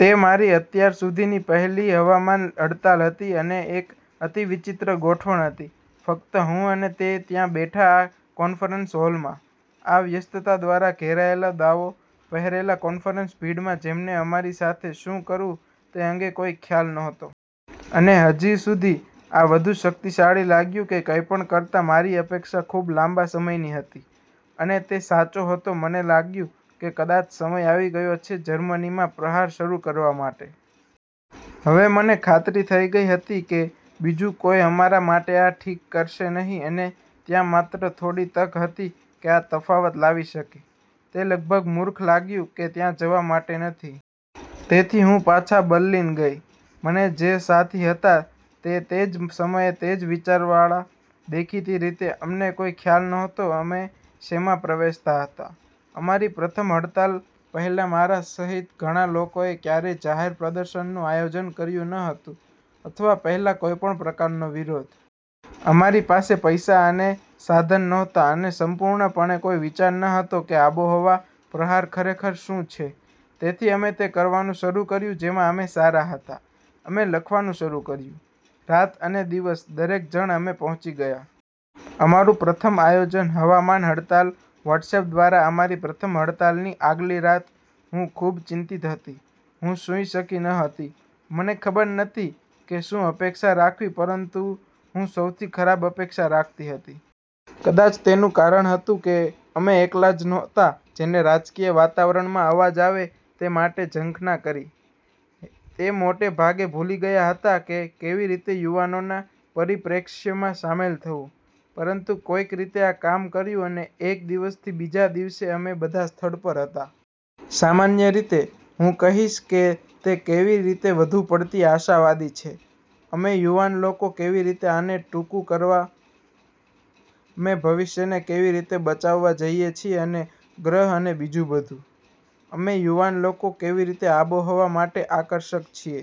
તે મારી અત્યાર સુધીની પહેલી હવામાન હડતાલ હતી અને એક અતિ વિચિત્ર ગોઠવણ હતી. ફક્ત હું અને તે ત્યાં બેઠા આ કોન્ફરન્સ હોલમાં. આ વ્યસ્તતા દ્વારા ઘેરાયેલા દાવો પહેરેલા કોન્ફરન્સ ભીડમાં જેમને અમારી સાથે શું કરવું તે અંગે કોઈ ખ્યાલ નહોતો. અને હજુ સુધી આ વધુ શક્તિશાળી લાગ્યું કે કંઈપણ કરતાં મારી અપેક્ષા ખૂબ લાંબા સમયની હતી. અને તે સાચો હતો મને લાગ્યું કે કદાચ સમય આવી ગયો છે જર્મનીમાં પ્રહાર શરૂ કરવા માટે. હવે મને ખાતરી થઈ ગઈ હતી કે બીજું કોઈ અમારા માટે આ ઠીક કરશે નહી અને ત્યાં માત્ર થોડી તક હતી કે આ તફાવત લાવી શકે. તે લગભગ મૂર્ખ લાગ્યું કે ત્યાં જવા માટે નથી. તેથી હું પાછા બર્લિન ગઈ. મને જે સાથી હતા તે તે જ સમયે તે જ વિચારવાળા. દેખીતી રીતે, અમને કોઈ ખ્યાલ નહોતો અમે શેમાં પ્રવેશતા હતા. અમારી પ્રથમ હડતાલ પહેલાં મારા સહિત ઘણા લોકોએ ક્યારેય જાહેર પ્રદર્શનનું આયોજન કર્યું ન હતું અથવા પહેલા કોઈપણ પ્રકારનો વિરોધ. અમારી પાસે પૈસા અને સાધન નહોતા અને સંપૂર્ણપણે કોઈ વિચાર ન હતો કે આબોહવા પ્રહાર ખરેખર શું છે. તેથી અમે તે કરવાનું શરૂ કર્યું જેમાં અમે સારા હતા. અમે લખવાનું શરૂ કર્યું. રાત અને દિવસ દરેક જણ અમે પહોંચી ગયા. અમારુ પ્રથમ આયોજન હવામાન હડતાલ વોટ્સએપ દ્વારા અમારી પ્રથમ હડતાલની આગલી રાત હું ખૂબ ચિંતિંત હતી. હું સૂઈ શકી ન હતી. મને ખબર નથી કે શું અપેક્ષા રાખવી પરંતુ હું સૌથી ખરાબ અપેક્ષા રાખતી હતી. કદાચ તેનુ કારણ હતું કે અમે એકલા જ નહોતા જેને રાજકીય વાતાવરણમાં અવાજ આવે તે માટે ઝંખના હતી. તે મોટે ભાગે ભૂલી ગયા હતા કે કેવી રીતે યુવાનોના પરિપ્રેક્ષ્યમાં શામેલ થવું. પરંતુ કોઈક રીતે આ કામ કર્યું અને એક દિવસથી બીજા દિવસે અમે બધા સ્થળ પર હતા. સામાન્ય રીતે, હું કહીશ કે તે કેવી રીતે વધુ પડતી આશાવાદી છે. અમે યુવાન લોકો કેવી રીતે આને ટૂંકુ કરવા અમે ભવિષ્યને કેવી રીતે બચાવવા જઈએ છીએ અને ગ્રહ અને બીજું બધું. અમે યુવાન લોકો કેવી રીતે આબોહવા માટે આકર્ષક છીએ.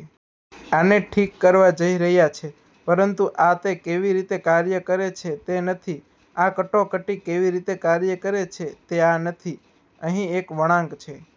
આને ઠીક કરવા જઈ રહ્યા છે. પરંતુ આ તે કેવી રીતે કાર્ય કરે છે તે નથી. આ કટોકટી કેવી રીતે કાર્ય કરે છે તે આ નથી. અહીં એક વળાંક છે.